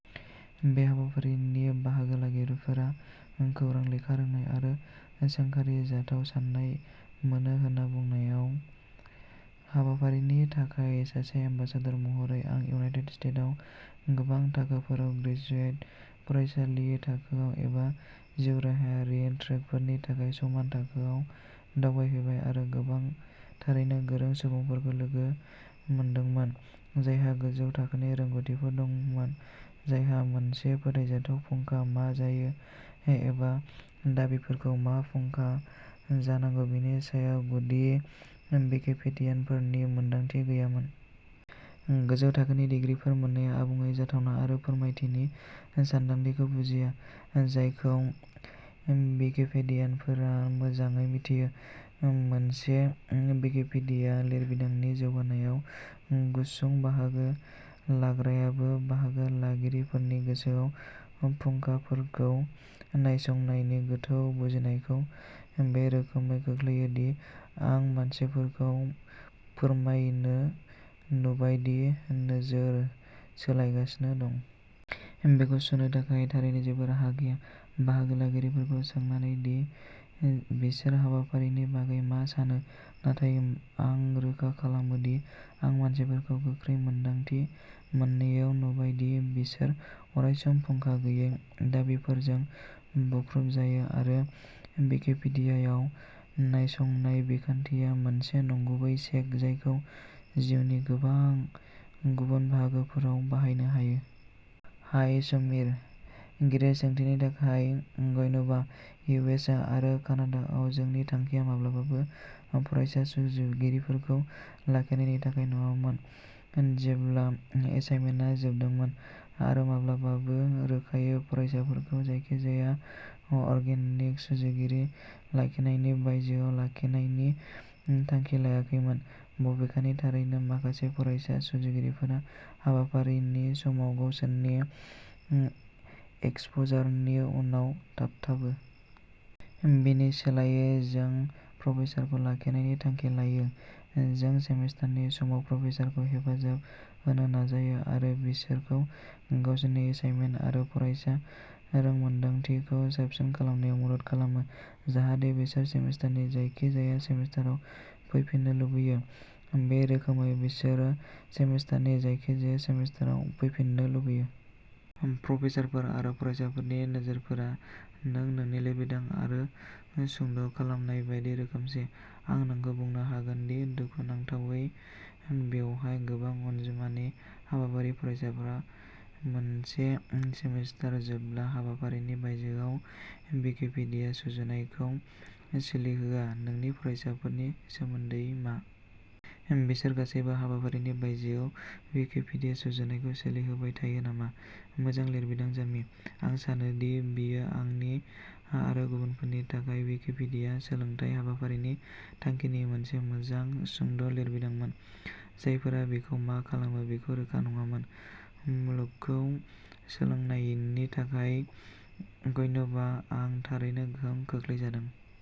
बे हाबाफारिनि बाहागो लागिरिफोरा "खौरां लेखा रोंनाय आरो सोंखारिजाथाव साननाय" मोनो होन्ना बुंनायाव। हाबाफारिनि थाखाय सासे "एम्बेसेडर" महरै, आं इउनायटेड स्टेट्सआव गोबां थाखोफोराव ग्रेजुवेट फरायसालि थाखोआव एबा जिउराहायारि ट्रेकफोरनि थाखाय समान थाखोआव दावबायहैबाय आरो गोबां थारैनो गोरों सुबुंफोरखौ लोगो मोनदोंमोन, जायहा गोजौ थाखोनि रोंग'थिफोर दंमोन, जायहा मोनसे फोथायजाथाव फुंखा मा जायो एबा दाबिफोरखौ मा फुंखा जानांगौ बेनि सायाव गुदि विकिपेडियानफोरनि मोनदांथि गैयामोन। गोजौ थाखोनि डिग्रीफोर मोननाया आबुङै जाथावना आरो "फोरमानथि" नि सानदांथिखौ बुजिया, जायखौ विकिपेडियानफोरा मोजाङै मिथियो। मोनसे विकिपीडिया लिरबिदांनि जौगानायाव गुसुं बाहागो लाग्रायाबो बाहागो लागिरिफोरनि गोसोआव फुंखाफोरखौ नायसंनायनि गोथौ बुजिनायखौ बे रोखोमै खोख्लैयो दि आं मानसिफोरखौ फोरमायनो नुबाय दि नोजोर सोलायगासिनो दं। बेखौ सुनो थाखाय थारैनो जेबो राहा गैया। बाहागो लागिरिफोरखौ सोंनानै दि बिसोर हाबाफारिनि बागै मा सानो, नाथाय आं रोखा खालामो दि आं मानसिफोरखौ गोख्रै मोन्दांथि मोननायाव नुबाय दि बिसोर अरायसम फुंखा गैयै दाबिफोरजों बुख्रुबजायो आरो विकिपीडियायाव नायसंनाय बिखान्थिया मोनसे नंगुबै चेक जायखौ जिउनि गोबां गुबुन बाहागोफोराव बाहायनो हायो। हाय, समीर! गिदिर सोंथिनि थाखाय धन्यबा। इउ. एस. आरो कानाडायाव, जोंनि थांखिया माब्लाबाबो फरायसा सुजुगिरिफोरखौ लाखिनायनि थाखाय नङामोन जेब्ला एसाइनमेन्टआ जोबदोंमोन। आरो माब्लाबाबो रोखायै फरायसाफोरखौ जायखिजाया अर्गेनिक सुजुगिरि लाखिनायनि बायजोआव लाखिनायनि थांखि लायाखैमोन, बबेखानि थारैनो माखासे फरायसा सुजुगिरिफोरा हाबाफारिनि समाव गावसोरनि एक्सप'जारनि उनाव थाबथाबो। बेनि सोलायै, जों प्रफेसारफोरखौ लाखिनायनि थांखि लायो। जों सेमिस्टारनि समाव प्रफेसारफोरखौ हेफाजाब होनो नाजायो आरो बिसोरखौ गावसोरनि एसाइनमेन्ट आरो फरायसा रोंमोनदांथिखौ साबसिन खालामनायाव मदद खालामो जाहाथे बिसोरो सेमिस्टारनि जायखिजाया सेमिस्टाराव फैफिननो लुबैयो। बे रोखोमै, बिसोरो सेमिस्टारनि जायखिजाया सेमिस्टाराव फैफिननो लुबैयो। प्रफेसारफोर आरो फरायसाफोरनि नोजोरफोरा नों नोंनि लिरबिदांआव सुंद'खालामनाय बायदि रोखोमसे। आं नोंखौ बुंनो हागोन दि दुखुनांथावै बेवहाय गोबां अनजिमानि हाबाफारि फरायसाफ्रा मोनसे सेमिस्टार जोबब्ला हाबाफारिनि बायजोआव विकिपीडिया सुजुनायखौ सोलिहोआ, नोंनि फरायसाफोरनि सोमोन्दै मा? बिसोर गासैबो हाबाफारिनि बायजोआव विकिपीडिया सुजुनायखौ सोलिहोबाय थायो नामा? मोजां लिरबिदां जामी। आं सानोदि बेयो आंनि आरो गुबुनफोरनि थाखाय विकिपीडिया सोलोंथाय हाबाफारिनि थांखिनि मोनसे मोजां सुंद'लिरबिदांमोन, जायफोरा बेखौ मा खालामो बेखौ रोखा नङामोन। मुलुगखौ सोलोंनायनि थाखाय धन्यबा! आं थारैनो गोहोम खोख्लैजादों।